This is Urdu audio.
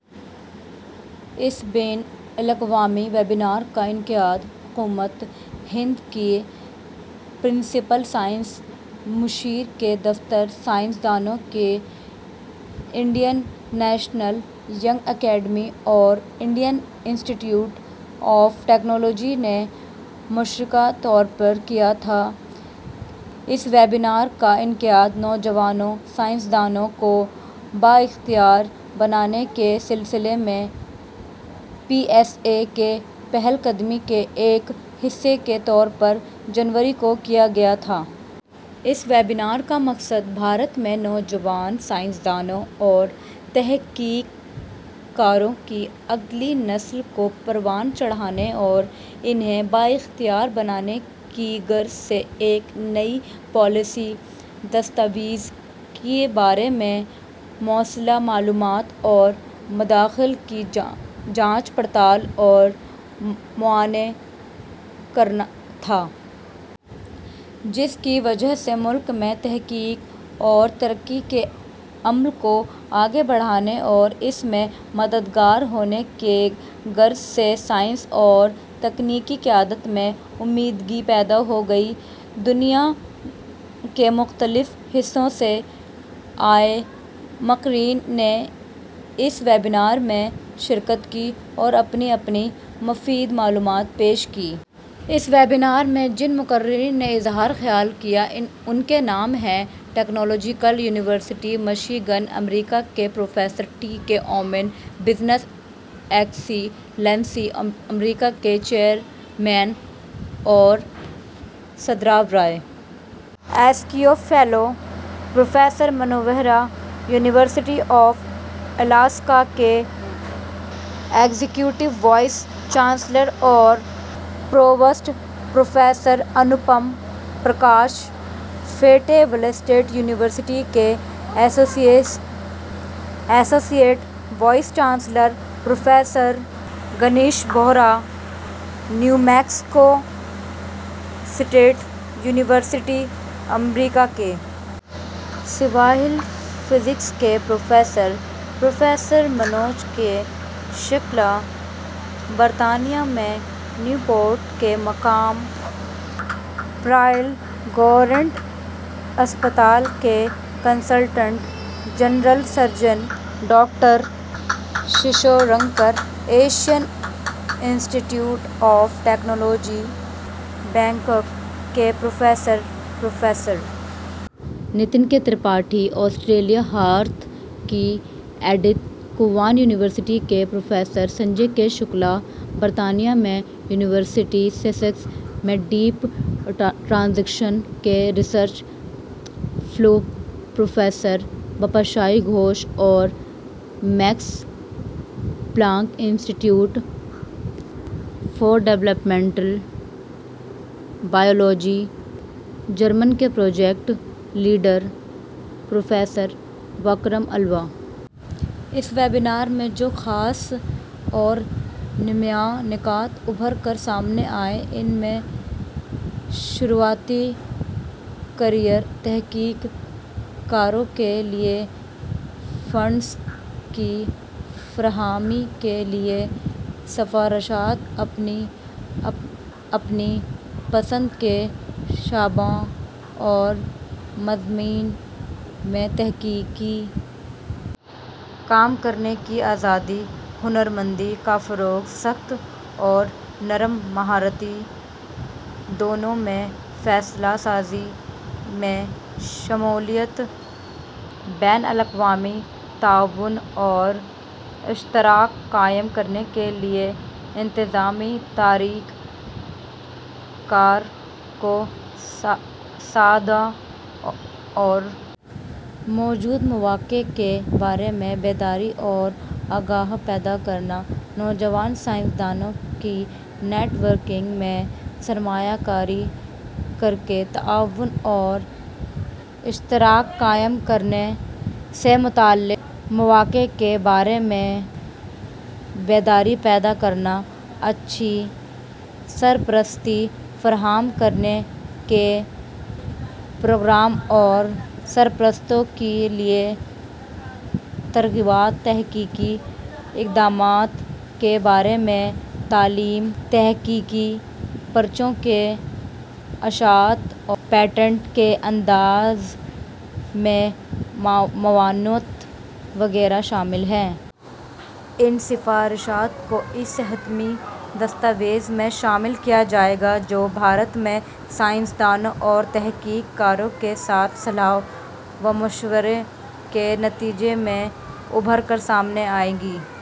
اس بین الاقوامی ویبنارکاانعقاد ، حکومت ہند کے پرنسپل سائنسی مشیر کے دفتر ، سائنس دانوں کی انڈین نیشنل ینگ اکیڈمی اورانڈین انسٹی ٹیوٹ آف ٹکنالوجی نے مشترکہ طورپر کیاتھا۔ اس ویبنار کا انعقاد ، نوجوانوں سائنس دانوں کو بااختیار بنانے کے سلسلے میں پی ایس اے کی پہل قدمی کے ایک حصے کےطورپر جنوری کو کیاگیاتھا۔ اس ویبنار کا مقصد ، بھارت میں نوجوان سائنس دانوں اور تحقیق کاروں کی اگلی نسل کو پروان چڑھانے اور انھیں بااختیار بنانے کی غرض سے ایک نئی پالیسی دستاویز کے بارے میں موصولہ معلومات اور، مادخل کی جانچ پڑتال اورمعائنہ کرناتھا۔ جس کی وجہ سے ملک میں تحقیق اورترقی کے عمل کو آگے بڑھانے اور اس میں مددگار ہونے کی غرض سے سائنسی اورتکنیکی قیادت میں عمدگی پیداہوگی۔ دنیاکے مختلف حصوں سے آئے مقررین نے اس ویبنار میں شرکت کی اوراپنی اپنی مفید معلومات پیش کیں۔ اس ویبنار میں جن مقررین نے اظہار خیال کیا، ان کے نام ہیں ، ٹکنالوجیکل یونیورسٹی مشی گن امریکہ کے پروفیسر ٹی کے اومین ، بزنس ایکسی لینسی ، امریکہ کے chairman اورصدراوراے S Q fellow, professor منوووہرا، university of Alaska کے ایگزیکیٹو وائس چانسلر اور provost professor Anupam Prakash, fête ولے اسٹیٹ یونیورسٹی کے ایسوسی ایٹ وائس چانسلر پروفیسرگنیش بورا، نیومیکسیکواسٹیٹ یونیورسٹی امریکہ کے سوائیل فزکس کے پروفیسر ، پروفیسرر منوج کے شکلا، برطانیہ میں نیوپورٹ کے مقام پررائل گوینٹ اسپتال کے کنسلٹنٹ جنرل سرجن ڈاکٹرکیشوسورنکر ، Asian Institute of Technology, Bangkok کے professor professor Nitin K Tripathi, Australia, Perth کی ایڈتھ کوون یونیورسٹی کے پروفیسر سنجے کے شکلا ، برطانیہ میں یونیورسٹی سیسکس میں ڈیپ ٹرانزیشن کے research fellow professor Bipashai Ghosh اورمیکس Planck Institute for Developmental biology, Germany کے project leader, professor Vikram Alva. اس ویبنار میں جوخاص اورنمایاں نکات ابھر کرسامنے آئے ان میں شروعاتی کریئر تحقیق کاروں کے لئے فنڈس کی فراہمی کے لئے سفارشات ، اپنی اپنی پسند کے شعبوں اور مضامین میں تحقیقی کام کرنے کی آزادی ، ہنرمندی کافروغ ، سخت اورنرم مہارتیں دونوں میں ، فیصلہ سازی میں شمولیت ، بین الاقوامی تعاون اوراشتراک قائم کرنے کے لئے انتظامی طریق کار کو سادہ اور موجود مواقع کے بارے میں بیداری اورآگہی پیداکرنا ، نوجوان سائنس دانوں کی نیٹ ورکنگ میں سرمایہ کاری کرکے ، تعاون اوراشتراک قائم کرنے سے متعلق مواقع کے بارے میں بیداری پیداکرنا ، اچھی سرپرستی فراہم کرنے کے پروگرام اورسرپرستوں کے لئے ترغیبات ، تحقیقی اقدامات کے بارے میں تعلیم ، تحقیقی پرچوں کی اشاعت اورپیٹنٹ کے اندراج میں معاونت وغیرہ شامل ہیں۔ ان سفارشات کو اس حتمی دستاویز میں شامل کیاجائے گا جو بھارت میں سائنس دانوں اورتحقیق کاروں کے ساتھ صلاح ومشورے کے نتیجے میں ابھرکرسامنے آئیں گی۔